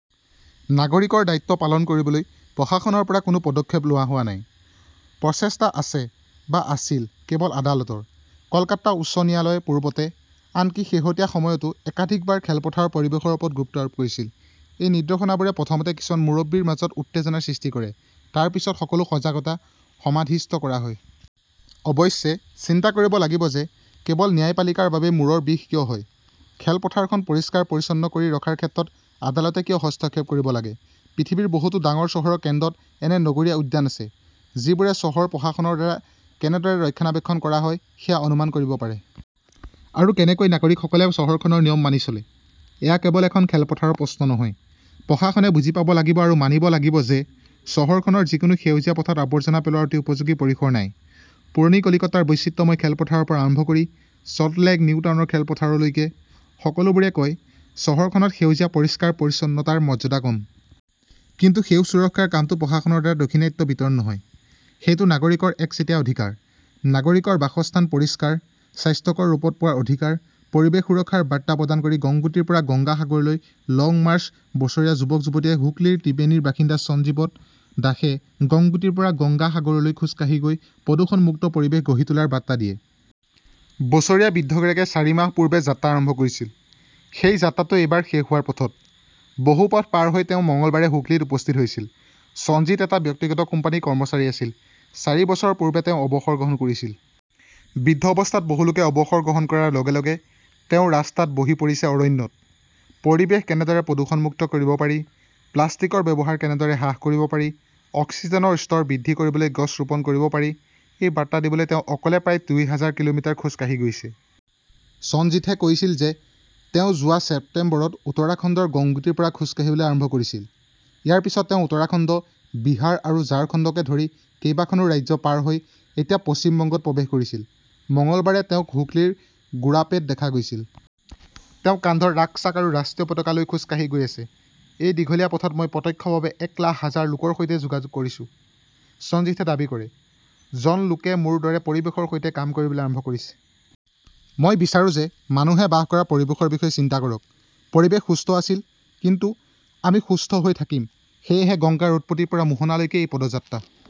নাগৰিকৰ দায়িত্ব পালন কৰিবলৈ প্ৰশাসনৰ পৰা কোনো পদক্ষেপ লোৱা হোৱা নাই। প্ৰচেষ্টা আছে, বা আছিল, কেৱল আদালতৰ। কলকাতা উচ্চ ন্যায়ালয়ে পূৰ্বতে, আনকি শেহতীয়া সময়তও একাধিকবাৰ খেলপথাৰৰ পৰিৱেশৰ ওপৰত গুৰুত্ব আৰোপ কৰিছিল। এই নিৰ্দেশনাবোৰে প্ৰথমতে কিছুমান মুৰব্বীৰ মাজত উত্তেজনাৰ সৃষ্টি কৰে, তাৰ পিছত সকলো সজাগতা সমাধিস্থ কৰা হয়। অৱশ্যে, চিন্তা কৰিব লাগিব যে কেৱল ন্যায়পালিকাৰ বাবেই মূৰৰ বিষ কিয় হয়। খেলপথাৰখন পৰিষ্কাৰ-পৰিচ্ছন্ন কৰি ৰখাৰ ক্ষেত্ৰত আদালতে কিয় হস্তক্ষেপ কৰিব লাগে। পৃথিৱীৰ বহুতো ডাঙৰ চহৰৰ কেন্দ্ৰত এনে নগৰীয়া উদ্যান আছে, যিবোৰে চহৰ প্ৰশাসনৰ দ্বাৰা কেনেদৰে ৰক্ষণাবেক্ষণ কৰা হয় সেয়া অনুমান কৰিব পাৰে। আৰু কেনেকৈ নাগৰিকসকলে চহৰখনৰ নিয়ম মানি চলে। এয়া কেৱল এখন খেলপথাৰৰ প্ৰশ্ন নহয়। প্ৰশাসনে বুজি পাব লাগিব আৰু মানিব লাগিব যে চহৰখনৰ যিকোনো সেউজীয়া পথাৰত আৱৰ্জনা পেলোৱাৰ অতি উপযোগী পৰিসৰ নাই। পুৰণি কলিকতাৰ বৈচিত্ৰ্যময় খেলপথাৰৰ পৰা আৰম্ভ কৰি চল্টলেক নিউটাউনৰ খেলপথাৰলৈকে, সকলোবোৰে কয়-চহৰখনত সেউজীয়া পৰিষ্কাৰ-পৰিচ্ছন্নতাৰ মৰ্যাদা কম। কিন্তু সেউজ সুৰক্ষাৰ কামটো প্ৰশাসনৰ দ্বাৰা দাক্ষিণাত্য বিতৰণ নহয়। সেইটো নাগৰিকৰ একচেটিয়া অধিকাৰ। নাগৰিকৰ বাসস্থান পৰিষ্কাৰ, স্বাস্থ্যকৰ ৰূপত পোৱাৰ অধিকাৰ। পৰিৱেশ সুৰক্ষাৰ বাৰ্তা প্ৰদান কৰি গংগোত্ৰীৰ পৰা গংগা সাগৰলৈ 'লং মাৰ্চ বছৰীয়া যুৱক-যুৱতীয়ে হুগলীৰ ত্ৰিবেণীৰ বাসিন্দা সঞ্জীৱত দাসে গংগোত্ৰীৰ পৰা গংগা সাগৰলৈ খোজ কাঢ়ি গৈ প্ৰদূষণ মুক্ত পৰিৱেশ গঢ়ি তোলাৰ বাৰ্তা দিয়ে। বছৰীয়া বৃদ্ধগৰাকীয়ে চাৰি মাহ পূৰ্বে যাত্ৰা আৰম্ভ কৰিছিল। সেই যাত্ৰাটো এইবাৰ শেষ হোৱাৰ পথত। বহু পথ পাৰ হৈ তেওঁ মঙলবাৰে হুগলীত উপস্থিত হৈছিল। ছঞ্জিত এটা ব্যক্তিগত কোম্পানীৰ কৰ্মচাৰী আছিল। চাৰি বছৰ পূৰ্বে তেওঁ অৱসৰ গ্ৰহণ কৰিছিল। বৃদ্ধ অৱস্থাত বহু লোকে অৱসৰ গ্ৰহণ কৰাৰ লগে লগে তেওঁ ৰাস্তাত বহি পৰিছে-অৰণ্যত। পৰিৱেশ কেনেদৰে প্ৰদূষণমুক্ত কৰিব পাৰি, প্লাষ্টিকৰ ব্যৱহাৰ কেনেদৰে হ্ৰাস কৰিব পাৰি, অক্সিজেনৰ স্তৰ বৃদ্ধি কৰিবলৈ গছ ৰোপণ কৰিব পাৰি, এই বাৰ্তা দিবলৈ তেওঁ অকলে প্ৰায় দুই হাজাৰ কিলোমিটাৰ খোজ কাঢ়ি গৈছে। সঞ্জীথে কৈছিল যে তেওঁ যোৱা ছেপ্টেম্বৰত উত্তৰাখণ্ডৰ গংগোত্ৰীৰ পৰা খোজ কাঢ়িবলৈ আৰম্ভ কৰিছিল। ইয়াৰ পিছত তেওঁ উত্তৰাখণ্ড, বিহাৰ আৰু ঝাৰখণ্ডকে ধৰি কেইবাখনো ৰাজ্য পাৰ হৈ এতিয়া পশ্চিম বংগত প্ৰৱেশ কৰিছিল। মঙলবাৰে তেওঁক হুগলীৰ গুৰাপেত দেখা গৈছিল। তেওঁ কান্ধত ৰাক্সাক আৰু ৰাষ্ট্ৰীয় পতাকা লৈ খোজ কাঢ়ি গৈ আছে। এই দীঘলীয়া পথত মই প্ৰত্যক্ষভাৱে এক লাখ হাজাৰ লোকৰ সৈতে যোগাযোগ কৰিছো, সঞ্জিতে দাবী কৰে। জন লোকে মোৰ দৰে পৰিৱেশৰ সৈতে কাম কৰিবলৈ আৰম্ভ কৰিছে। মই বিচাৰো যে মানুহে বাস কৰা পৰিৱেশৰ বিষয়ে চিন্তা কৰক। পৰিৱেশ সুস্থ আছিল কিন্তু আমি সুস্থ হৈ থাকিম। সেয়েহে গংগাৰ উৎপত্তিৰ পৰা মোহনালৈকে এই পদযাত্ৰা।